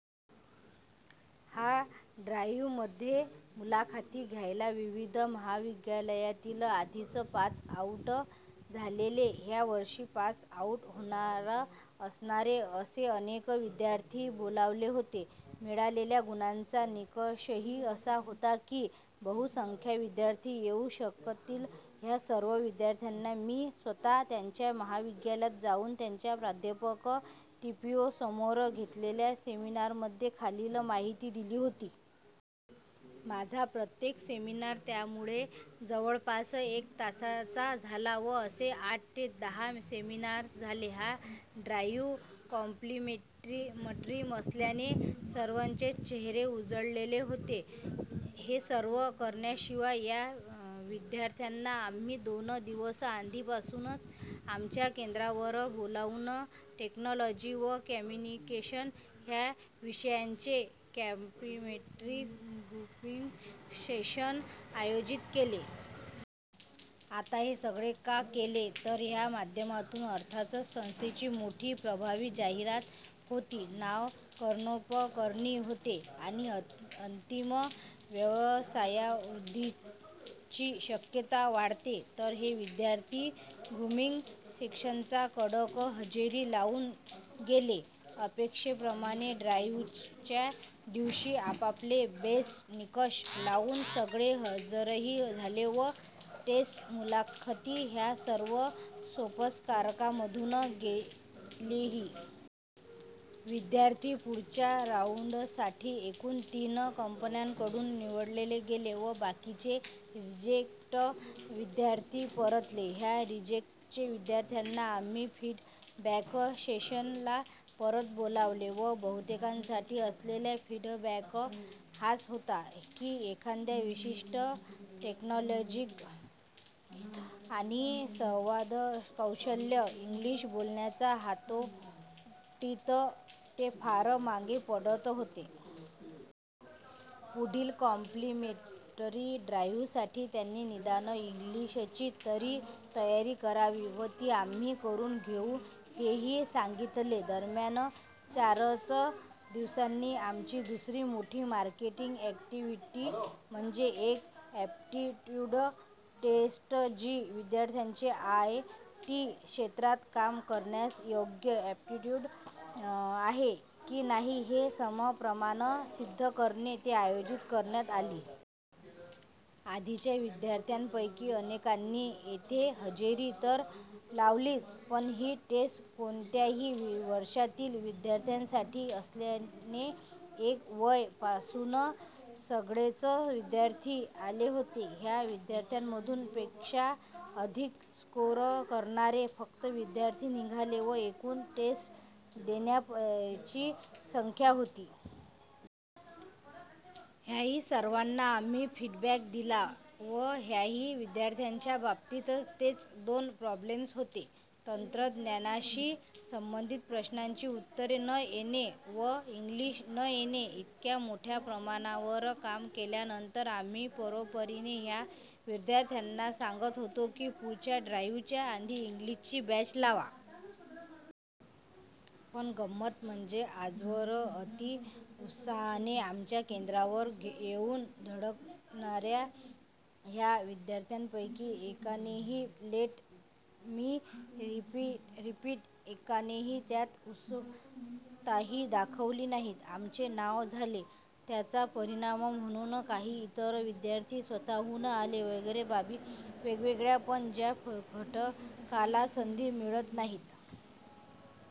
ह्या ड्राईव्हमध्ये मुलाखती द्यायला विविध महाविद्यालयातील आधीच पास आऊट झालेले, ह्या वर्षी पास आऊट होणार असणारे असे अनेक विद्यार्थी बोलावलेले होते. मिळालेल्या गुणांचा निकषही असा होता की बहुसंख्य विद्यार्थी येऊ शकतील. ह्या सर्व विद्यार्थ्यांना मी स्वतः त्यांच्या महाविद्यालयात जाऊन त्यांच्या प्राध्यापक व टीपीओ समोर घेतलेल्या सेमिनारमध्ये खालील माहिती दिली होती. माझा प्रत्येक सेमिनार त्यामुळे जवळपास एक तासाचा झाला व असे आठ ते दहा सेमिनार्स झाले. हा ड्राईव्ह काँप्लिमेंटरी असल्याने सर्वांचेच चेहरे उजळलेले होते. हे सर्व करण्याशिवाय ह्या विद्यार्थ्यांना आम्ही दोन दिवस आधीपासून आमच्या केंद्रावर बोलावून टेक्नॉलॉजी व कम्युनिकेशन ह्या विषयांचे 'काँप्लिमेंटरी' ग्रूमिंग सेशन्स आयोजीत केले. आता हे सगळे का केले? तर ह्या माध्यमातून अर्थातच संस्थेची मोठी, प्रभावी जाहिरात होते, नांव कर्णोपकर्णी होते आणि अंतिमतः व्यवसायवृद्धीची शक्यता वाढते. तर हे विद्यार्थी ग्रूमिंग सेशन्सना कडक हजेरी लावून गेले. अपेक्षेप्रमाणे ड्राईव्हच्या दिवशी आपापले 'बेस्ट' निकष लावून सगळे हजरही झाले व टेस्ट, मुलाखती ह्या सर्व सोपस्कारांमधून गेलेही. विद्यार्थी पुढच्या राऊंडसाठी एकुण तीन कंपन्यांकडून निवडले गेले व बाकीचे रिजेक्टेड विद्यार्थी परतले. ह्या रिजेक्टेड विद्यार्थ्यांना आम्ही फीडबॅक सेशनला परत बोलावले व बहुतेकांसाठी असलेला फीडबॅक हाच होता की एखाद्या विशिष्ट टेक्नॉलॉगीत आणि संवादकौशल्य व इंग्लिश बोलण्याच्या हातोटीत ते फार मागे पडत होते. पुढील काँप्लिमेंटरी ड्राईव्हसाठी त्यांनी निदान इंग्लिशची तरी तयारी करावी व ती आम्ही करून घेऊ हेही सांगितले.. दरम्यान चारच दिवसांनी आमची दुसरी मोठी मार्केटिंग अॅक्टिव्हिटी म्हणजे एक अॅप्टिट्यूड टेस्ट, जी विद्यार्थ्याचे आय टी क्षेत्रात काम करण्यास योग्य अॅप्टिट्यूड आहे की नाही हे सप्रमाण सिद्ध करते, ती आयोजीत करण्यात आली. आधीच्या विद्यार्थ्यांपैकी अनेकांनी येथे हजेरी तर लावलीच, पण ही टेस्ट कोणत्याही वर्षातील विद्यार्थ्यांसाठी असस्ल्याने एफ वाय पासून सगळेच विद्यार्थी आले होते. ह्या विद्यार्थ्यांमधून पेक्षा अधिक स्कोर करणारे फक्त विद्यार्थी निघाले व एकुण टेस्ट देणार्यांची संख्या होती. ह्याही सर्वांना आम्ही फीडबॅक दिला व ह्याही विद्यार्थ्यांच्या बाबतीत तेच दोन प्रॉब्लेम्स होते. तंत्रज्ञानाशी संबंधित प्रश्नांची उत्तरे न येणे व इंग्लिश न येणे! इतक्या मोठ्या प्रमाणावर काम केल्यानंतर आम्ही परोपरीने ह्या विद्यार्थ्यांना सांगत होतो की पुढच्या ड्राईव्हच्या आधी इंग्लिशची बॅच लावा. पण गंमत म्हणजे आजवर अतीउत्साहाने आमच्या केंद्रावर येऊन धडकणार्या ह्या विद्यार्थ्यांपैकी एकानेही, लेट मी रीपिट, एकानेही त्यात उत्सुकताही दाखवली नाही. आमचे नांव झाले, त्याचा परिणाम म्हणून काही इतर विद्यार्थी स्वतःहून आले वगैरे बाबी वेगळ्या! पण ज्या घटकाला संधी मिळत नाहीत